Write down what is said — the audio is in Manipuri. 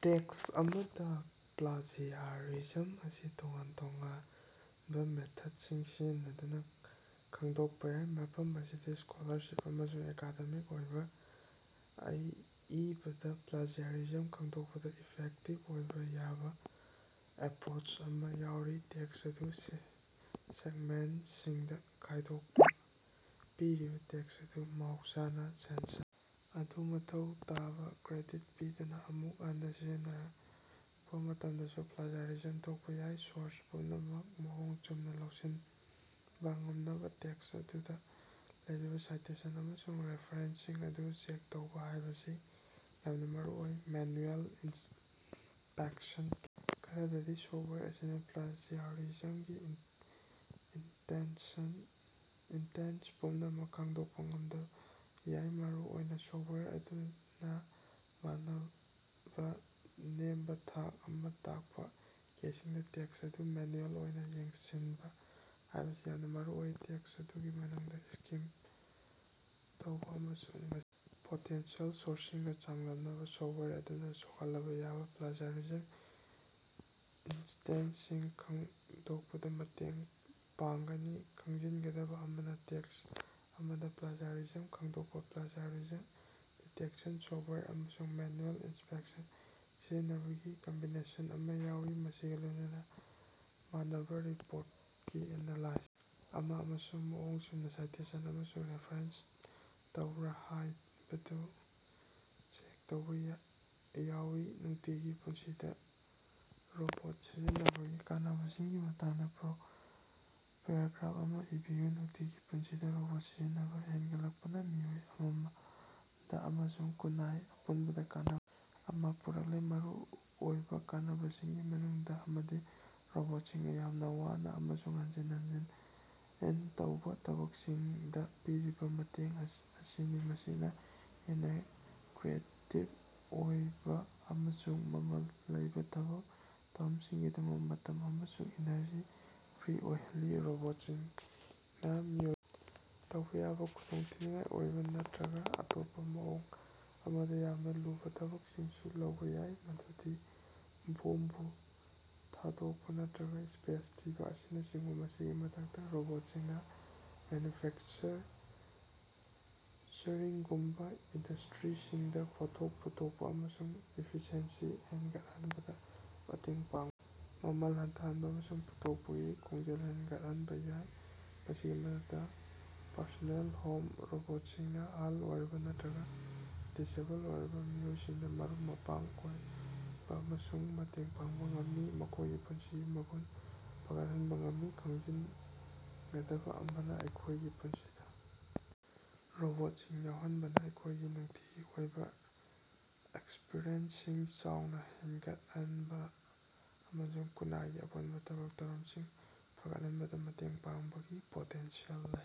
ꯇꯦꯛꯁ ꯑꯃꯗ ꯄ꯭ꯂꯥꯖꯤꯌꯔꯤꯖꯝ ꯑꯁꯤ ꯇꯣꯉꯥꯟ-ꯇꯣꯉꯥꯟꯕ ꯃꯦꯊꯗꯁꯤꯡ ꯁꯤꯖꯤꯟꯅꯗꯨꯅ ꯈꯪꯗꯣꯛꯄ ꯌꯥꯏ꯫ ꯃꯐꯝ ꯑꯁꯤꯗ ꯁ꯭ꯀꯣꯂꯥꯔꯁꯤꯞ ꯑꯃꯁꯨꯡ ꯑꯦꯀꯥꯗꯦꯃꯤꯛ ꯑꯣꯏꯕ ꯑꯏꯕꯗ ꯄ꯭ꯂꯥꯖꯤꯌꯔꯤꯖꯝ ꯈꯪꯗꯣꯛꯄꯗ ꯏꯐꯦꯛꯇꯤꯕ ꯑꯣꯏꯕ ꯌꯥꯕ ꯑꯦꯄ꯭ꯔꯣꯆ ꯑꯃ ꯌꯥꯎꯔꯤ꯫ ꯇꯦꯛꯁ ꯑꯗꯨ ꯁꯦꯒꯃꯦꯟꯇꯁꯤꯡꯗ ꯈꯥꯏꯗꯣꯛꯄ: ꯄꯤꯔꯤꯕ ꯇꯦꯛꯁ ꯑꯗꯨ ꯃꯍꯧꯁꯥꯅ ꯁꯦꯟꯁꯟ ꯑꯗꯨ ꯃꯊꯧ ꯇꯥꯕ ꯀ꯭ꯔꯦꯗꯤꯠ ꯄꯤꯗꯅ ꯑꯃꯨꯛ ꯍꯟꯅ ꯁꯤꯖꯤꯟꯅꯔꯛꯄ ꯃꯇꯝꯗꯁꯨ ꯄ꯭ꯂꯥꯖꯤꯌꯔꯤꯖꯝ ꯊꯣꯛꯄ ꯌꯥꯏ꯫ ꯁꯣꯔꯁ ꯄꯨꯝꯅꯃꯛ ꯃꯑꯣꯡ ꯆꯨꯝꯅ ꯂꯧꯁꯤꯟꯕ ꯉꯝꯅꯕ ꯇꯦꯛꯁ ꯑꯗꯨꯗ ꯂꯩꯔꯤꯕ ꯁꯥꯏꯇꯦꯁꯟ ꯑꯃꯁꯨꯡ ꯔꯦꯐꯥꯔꯦꯟꯁꯁꯤꯡ ꯑꯗꯨ ꯆꯦꯛ ꯇꯧꯕ ꯍꯥꯏꯕꯁꯤ ꯌꯥꯝꯅ ꯃꯔꯨꯑꯣꯏ꯫ ꯃꯦꯅ꯭ꯌꯨꯑꯦꯜ ꯏꯟꯁꯄꯦꯛꯁꯟ ꯈꯔꯗꯗꯤ, ꯁꯣꯐꯇꯋꯥꯌꯔ ꯑꯁꯤꯅ ꯄ꯭ꯂꯥꯖꯤꯌꯔꯤꯖꯝꯒꯤ ꯏꯟꯁꯇꯦꯟꯁ ꯄꯨꯝꯅꯃꯛ ꯈꯪꯗꯣꯛꯄ ꯉꯝꯗꯕ ꯌꯥꯏ꯫ ꯃꯔꯨꯑꯣꯏꯅ ꯁꯣꯐꯇꯋꯥꯌꯔ ꯑꯗꯨꯅ ꯃꯥꯟꯅꯕ ꯅꯦꯝꯕꯥ ꯊꯥꯛ ꯑꯃ ꯇꯥꯛꯄ ꯀꯦꯁꯁꯤꯡꯗ ꯇꯦꯛꯁ ꯑꯗꯨ ꯃꯦꯅꯨꯑꯦꯜ ꯑꯣꯏꯅ ꯌꯦꯡꯁꯤꯟꯕ ꯍꯥꯏꯕꯁꯤ ꯌꯥꯝꯅ ꯃꯔꯨꯑꯣꯏ꯫ ꯇꯦꯛꯁꯠ ꯑꯗꯨꯒꯤ ꯃꯅꯨꯡꯗ ꯁ꯭ꯀꯤꯝ ꯇꯧꯕ ꯑꯃꯁꯨꯡ ꯃꯁꯤ ꯄꯣꯇꯦꯟꯁꯤꯑꯦꯜ ꯁꯣꯔꯁꯁꯤꯡꯒꯥ ꯆꯥꯡꯗꯝꯅꯕꯅ ꯁꯣꯐꯇꯋꯥꯌꯔ ꯑꯗꯨꯅ ꯁꯣꯛꯍꯜꯂꯕ ꯌꯥꯕ ꯄ꯭ꯂꯥꯖꯤꯌꯔꯤꯖꯝ ꯏꯟꯁ꯭ꯇꯦꯟꯁꯁꯤꯡ ꯈꯪꯗꯣꯛꯄꯗ ꯃꯇꯦꯡ ꯄꯥꯡꯒꯅꯤ꯫ ꯈꯪꯖꯤꯟꯒꯗꯕ ꯑꯃꯅ, ꯇꯦꯛꯁ ꯑꯃꯗ ꯄ꯭ꯂꯥꯖꯤꯌꯔꯤꯖꯝ ꯈꯪꯗꯣꯛꯄꯗ ꯄ꯭ꯂꯥꯖꯤꯌꯔꯤꯖꯝ ꯗꯤꯇꯦꯛꯇꯦꯁꯟ ꯁꯣꯐꯇꯋꯥꯌꯔ ꯑꯃꯁꯨꯡ ꯃꯦꯅꯨꯑꯦꯜ ꯏꯟꯁꯄꯦꯛꯁꯟ ꯁꯤꯖꯤꯟꯅꯕꯒꯤ ꯀꯝꯕꯤꯅꯦꯁꯟ ꯑꯃ ꯌꯥꯎꯏ, ꯃꯁꯤꯒ ꯂꯣꯏꯅꯅ ꯃꯥꯟꯅꯕ ꯔꯤꯄꯣꯔꯇꯀꯤ ꯑꯦꯅꯥꯂꯥꯏꯁ ꯑꯃ ꯑꯃꯁꯨꯡ ꯃꯑꯣꯡ ꯆꯨꯝꯅ ꯁꯥꯏꯇꯦꯁꯟ ꯑꯃꯁꯨꯡ ꯔꯦꯐꯥꯔꯦꯟꯁ ꯇꯧꯕ꯭ꯔꯥ ꯍꯥꯏꯕꯗꯨ ꯆꯦꯛ ꯇꯧꯕ ꯌꯥꯎꯏ꯫ ꯅꯨꯡꯇꯤꯒꯤ ꯄꯨꯟꯁꯤꯗ ꯔꯣꯕꯣꯠ ꯁꯤꯖꯤꯟꯅꯕꯒꯤ ꯀꯥꯟꯅꯕꯁꯤꯡꯒꯤ ꯃꯇꯥꯡꯗ ꯄꯦꯔꯥꯒ꯭ꯔꯥꯐ ꯑꯃ ꯏꯕꯤꯌꯨ꯫ ꯅꯨꯡꯇꯤꯒꯤ ꯄꯨꯟꯁꯤꯗ ꯔꯣꯕꯣꯠ ꯁꯤꯖꯤꯟꯅꯕ ꯍꯦꯟꯒꯠꯂꯛꯄꯅ ꯃꯤꯑꯣꯏ ꯑꯃꯃꯝꯗ ꯑꯃꯁꯨꯡ ꯈꯨꯟꯅꯥꯏ ꯑꯄꯨꯟꯕꯗ ꯀꯥꯟꯅ ꯑꯃ ꯄꯨꯔꯛꯂꯦ꯫ ꯃꯔꯨꯑꯣꯏꯕ ꯀꯥꯟꯅꯕꯁꯤꯡꯒꯤ ꯃꯅꯨꯡꯗ ꯑꯃꯗꯤ ꯔꯣꯕꯣꯠꯁꯤꯡꯅ ꯌꯥꯝꯅ ꯋꯥꯅ ꯑꯃꯁꯨꯡ ꯍꯟꯖꯤꯟ ꯍꯟꯖꯤꯟ ꯇꯧꯕ ꯊꯕꯛꯁꯤꯡꯗ ꯄꯤꯔꯤꯕ ꯃꯇꯦꯡ ꯑꯁꯤꯅꯤ, ꯃꯁꯤꯅ ꯍꯦꯟꯅ ꯀ꯭ꯔꯤꯌꯦꯇꯤꯕ ꯑꯣꯏꯕ ꯑꯃꯁꯨꯡ ꯃꯃꯜ ꯂꯩꯕ ꯊꯕꯛ ꯊꯧꯔꯝꯁꯤꯡꯒꯤꯗꯃꯛ ꯃꯇꯝ ꯑꯃꯁꯨꯡ ꯏꯅꯔꯖꯤ ꯐ꯭ꯔꯤ ꯑꯣꯏꯍꯜꯂꯤ꯫ ꯔꯣꯕꯣꯠꯁꯤꯡꯅ ꯃꯤꯑꯣꯏ ꯇꯧꯕ ꯌꯥꯕ ꯈꯨꯗꯣꯡꯊꯤꯅꯤꯡꯉꯥꯏ ꯑꯣꯏꯕ ꯅꯠꯇ꯭ꯔꯒ ꯑꯇꯣꯞꯄ ꯃꯑꯣꯡ ꯑꯃꯗ ꯌꯥꯝꯅ ꯂꯨꯕ ꯊꯕꯛꯁꯤꯡꯁꯨ ꯂꯧꯕ ꯌꯥꯏ, ꯃꯗꯨꯗꯤ ꯕꯣꯝꯕꯨ ꯊꯥꯗꯣꯛꯄ ꯅꯠꯇ꯭ꯔꯒꯥ ꯁ꯭ꯄꯦꯁ ꯊꯤꯕ ꯑꯁꯤꯅꯆꯤꯡꯕ꯫ ꯃꯁꯤꯒꯤ ꯃꯊꯛꯇ, ꯔꯣꯕꯣꯠꯁꯤꯡꯅ ꯃꯦꯅ꯭ꯌꯨꯐꯦꯛꯆꯔꯤꯡꯒꯨꯝꯕ ꯏꯟꯗꯁꯇ꯭ꯔꯤꯁꯤꯡꯗ ꯄꯣꯠꯊꯣꯛ ꯄꯨꯊꯣꯛꯄ ꯑꯃꯁꯨꯡ ꯏꯐꯤꯁꯤꯑꯦꯟꯁꯤ ꯍꯦꯟꯒꯠꯍꯟꯕꯗ ꯃꯇꯦꯡ ꯄꯥꯡ ꯃꯃꯜ ꯍꯟꯊꯍꯟꯕꯥ ꯑꯃꯁꯨꯡ ꯄꯨꯊꯣꯛꯄꯒꯤ ꯈꯣꯡꯖꯦꯜ ꯍꯦꯟꯒꯠꯍꯟꯕ ꯌꯥꯏ꯫ ꯃꯁꯤꯒꯤ ꯃꯊꯛꯇ, ꯄꯔꯁꯣꯅꯦꯜ ꯍꯣꯝ ꯔꯣꯕꯣꯠꯁꯤꯡꯅ ꯑꯍꯜ ꯑꯣꯏꯔꯕ ꯅꯠꯇ꯭ꯔꯒ ꯗꯤꯁꯑꯦꯕꯜ ꯑꯣꯏꯔꯕ ꯃꯤꯑꯣꯏꯁꯤꯡꯗ ꯃꯔꯨꯞ-ꯃꯄꯥꯡ ꯑꯣꯏꯕ ꯑꯃꯁꯨꯡ ꯃꯇꯦꯡ ꯄꯥꯡꯕ ꯉꯝꯃꯤ, ꯃꯈꯣꯏꯒꯤ ꯄꯨꯟꯁꯤꯒꯤ ꯃꯒꯨꯟ ꯐꯒꯠꯍꯟꯕ ꯉꯝꯃꯤ꯫ ꯈꯪꯖꯤꯟꯒꯗꯕ ꯑꯃꯅ, ꯑꯩꯈꯣꯏꯒꯤ ꯄꯨꯟꯁꯤꯗ ꯔꯣꯕꯣꯠꯁꯤꯡ ꯌꯥꯎꯍꯟꯕꯅ ꯑꯩꯈꯣꯏꯒꯤ ꯅꯨꯡꯇꯤꯒꯤ ꯑꯣꯏꯕ ꯑꯦꯛꯁꯄꯔꯤꯌꯦꯟꯁꯁꯤꯡ ꯆꯥꯎꯅ ꯍꯦꯟꯒꯠꯍꯟꯕ ꯑꯃꯁꯨꯡ ꯈꯨꯟꯅꯥꯏꯒꯤ ꯑꯄꯨꯟꯕ ꯊꯕꯛ ꯊꯧꯔꯝꯁꯤꯡ ꯐꯒꯠꯍꯟꯕꯗ ꯃꯇꯦꯡ ꯄꯥꯡꯕꯒꯤ ꯄꯣꯇꯦꯟꯁꯤꯌꯦꯜ ꯂꯩ꯫